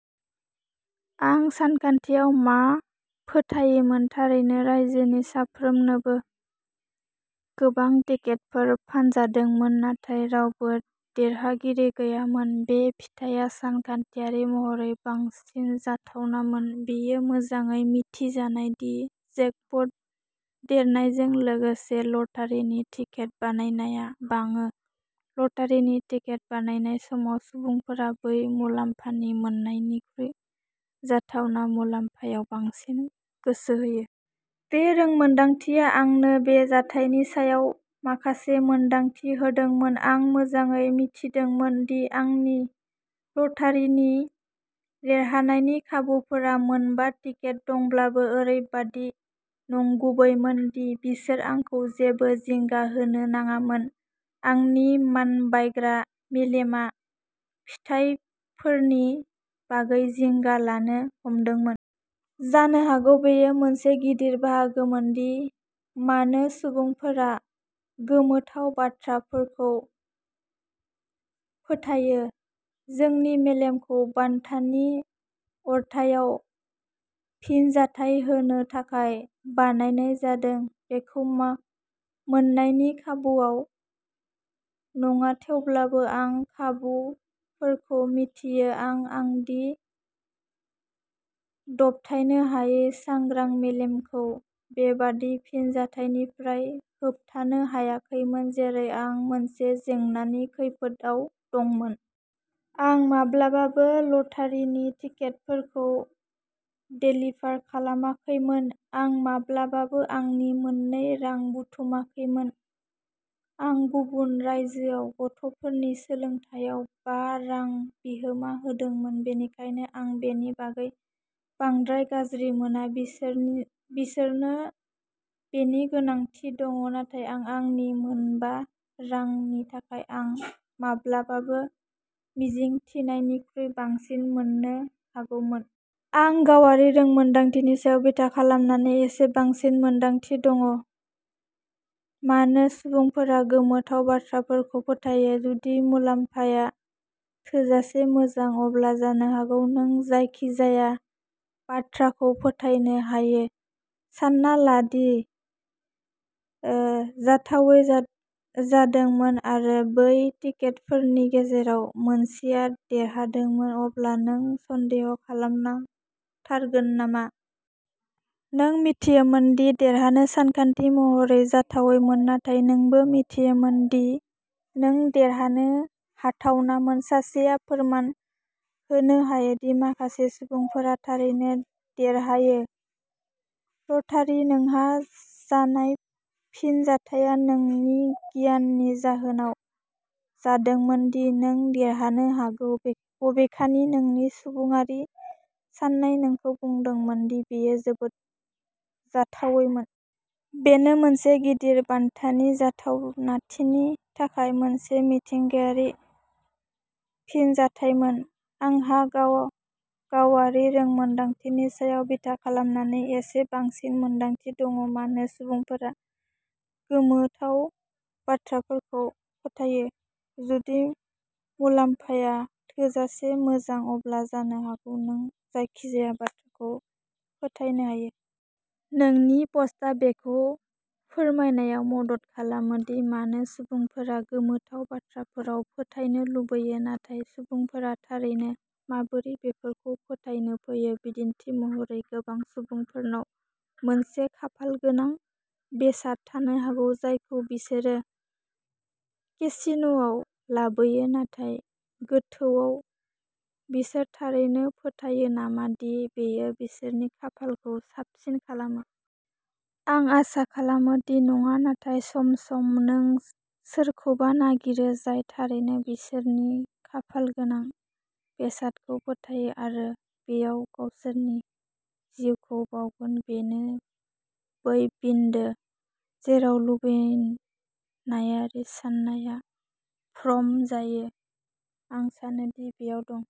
आं सानखान्थियाव मा फोथायोमोन? थारैनो, रायजोनि साफ्रोमनोबो गोबां टिकेटफोर फानजादोंमोन, नाथाय रावबो देरहागिरि गैयामोन। बे फिथाया सानखान्थियारि महरै बांसिन जाथावनामोन। बेयो मोजाङै मिथिजानाय दि जेकप'ट देरनायजों लोगोसे ल'टारिनि टिकेट बायनाया बाङो। ल'टारिनि टिकेट बायनाय समाव, सुबुंफोरा बै मुलाम्फानि मोन्नायनिख्रुइ जाथावना मुलाम्फायाव बांसिन गोसो होयो। बे रोंमोनदांथिया आंनो बे जाथायनि सायाव माखासे मोनदांथि होदोंमोन। आं मोजाङै मिथिदोंमोन दि आंनि ल'टारिनि देरहानायनि खाबुफोरा मोनबा टिकेट दंब्लाबो ओरैबायदि नंगुबैमोन दि बिसोर आंखौ जेबो जिंगा होनो नाङामोन, आंनि मानबायग्रा मेलेमआ फिथायफोरनि बागै जिंगा लानो हमदोंमोन। जानो हागौ बेयो मोनसे गिदिर बाहागोमोन दि मानो सुबुंफोरा गोमोथाव बाथ्राफोरखौ फोथायो। जोंनि मेलेमखौ बान्थानि अरथाइआव फिनजाथाय होनो थाखाय बानायनाय जादों, बेखौ मोननायनि खाबुवाव नङा। थेवब्लाबो आं खाबुफोरखौ मिथियो, आं आंनि दबथायनो हायै सांग्रां मेलेमखौ बेबादि फिनजाथायनिफ्राय होबथानो हायाखैमोन जेरै आं मोनसे जेंनानि खैफोदआव दंमोन। आं माब्लाबाबो लटारिनि टिकेटफोरखौ देलिभार खालामाखैमोन। आं माब्लाबाबो आंनि मोन्नै रां बुथुमाखैमोन। आं गुबुन रायजोआव गथ'फोरनि सोलोंथायाव बा रां बिहोमा होदोंमोन, बेनिखायनो आं बेनि बागै बांद्राय गाज्रि मोना। बिसोरनो बेनि गोनांथि दं। नाथाय आं आंनि मोनबा रांनि थाखाय आं माब्लाबाबो मिजिंथिनायनिख्रुइ बांसिन मोन्नो हागौमोन। आं गावारि रोंमोनदांथिनि सायाव बिथा खालामनानै एसे बांसिन मोनदांथि दं, मानो सुबुंफोरा गोमोथाव बाथ्राफोरखौ फोथायो। जुदि मुलामफाया थोजासे मोजां, अब्ला जानो हागौ नों जायखिजाया बाथ्राखौ फोथायनो हायो। सानना ला दि जाथावै जादोंमोन आरो बै टिकेटफोरनि गेजेराव मोनसेया देरहादोंमोन, अब्ला नों सन्देह खालामथारगोन नामा? नों मिथियोमोन दि देरहानो सानखान्थियारि महरै जाथावैमोन नाथाय नोंबो मिथियोमोन दि नों देरहानो हाथावनामोन। सासेया फोरमान होनो हायोदि माखासे सुबुंफोरा थारैनो देरहायो। ल'टारी। नोंहा जानाय फिनजाथाया नोंनि गियाननि जाहोनाव जादोंमोन दि नों देरहानो हागौ, बबेखानि नोंनि सुबुङारि साननाया नोंखौ बुंदोंमोन दि बेयो जोबोद जाथावैमोन। बेयो मोनसे गिदिर बान्थानि जाथावनाथिनि थाखाय मोनसे मिथिंगायारि फिनजाथायमोन। आंहा गावारि रोंमोन्दांथिनि सायाव बिथा खालामनानै एसे बांसिन मोनदांथि दं, मानो सुबुंफोरा गोमोथाव बाथ्राफोरखौ फोथायो। जुदि मुलामफाया थोजासे मोजां, अब्ला जानो हागौ नों जायखिजाया बाथ्राखौ फोथायनो हायो। नोंनि पस्टआ बेखौ फोरमायनायाव मदद खालामो दि मानो सुबुंफोरा गोमोथाव बाथ्राफोराव फोथायनो लुबैयो, नाथाय सुबुंफोरा थारैनो माबोरै बेफोरखौ फोथायनो फैयो? बिदिन्थि महरै, गोबां सुबुंफोरनाव मोनसे "खाफालगोनां" बेसाद थानो हागौ जायखौ बिसोरो केसिनोआव लाबोयो, नाथाय गोथौआव बिसोर थारैनो फोथायो नामा दि बेयो बिसोरनि खाफालखौ साबसिन खालामो? आं आसा खालामो दि नङा। नाथाय सम-सम नों सोरखौबा नागिरो जाय थारैनो बिसोरनि खाफालगोनां बेसादखौ फोथायो आरो बेयाव गावसोरनि जिउखौ बावगोन। बेनो बै बिन्दो जेराव लुबैनायारि साननाया भ्रम जायो। आं सानो दि बेयाव दं।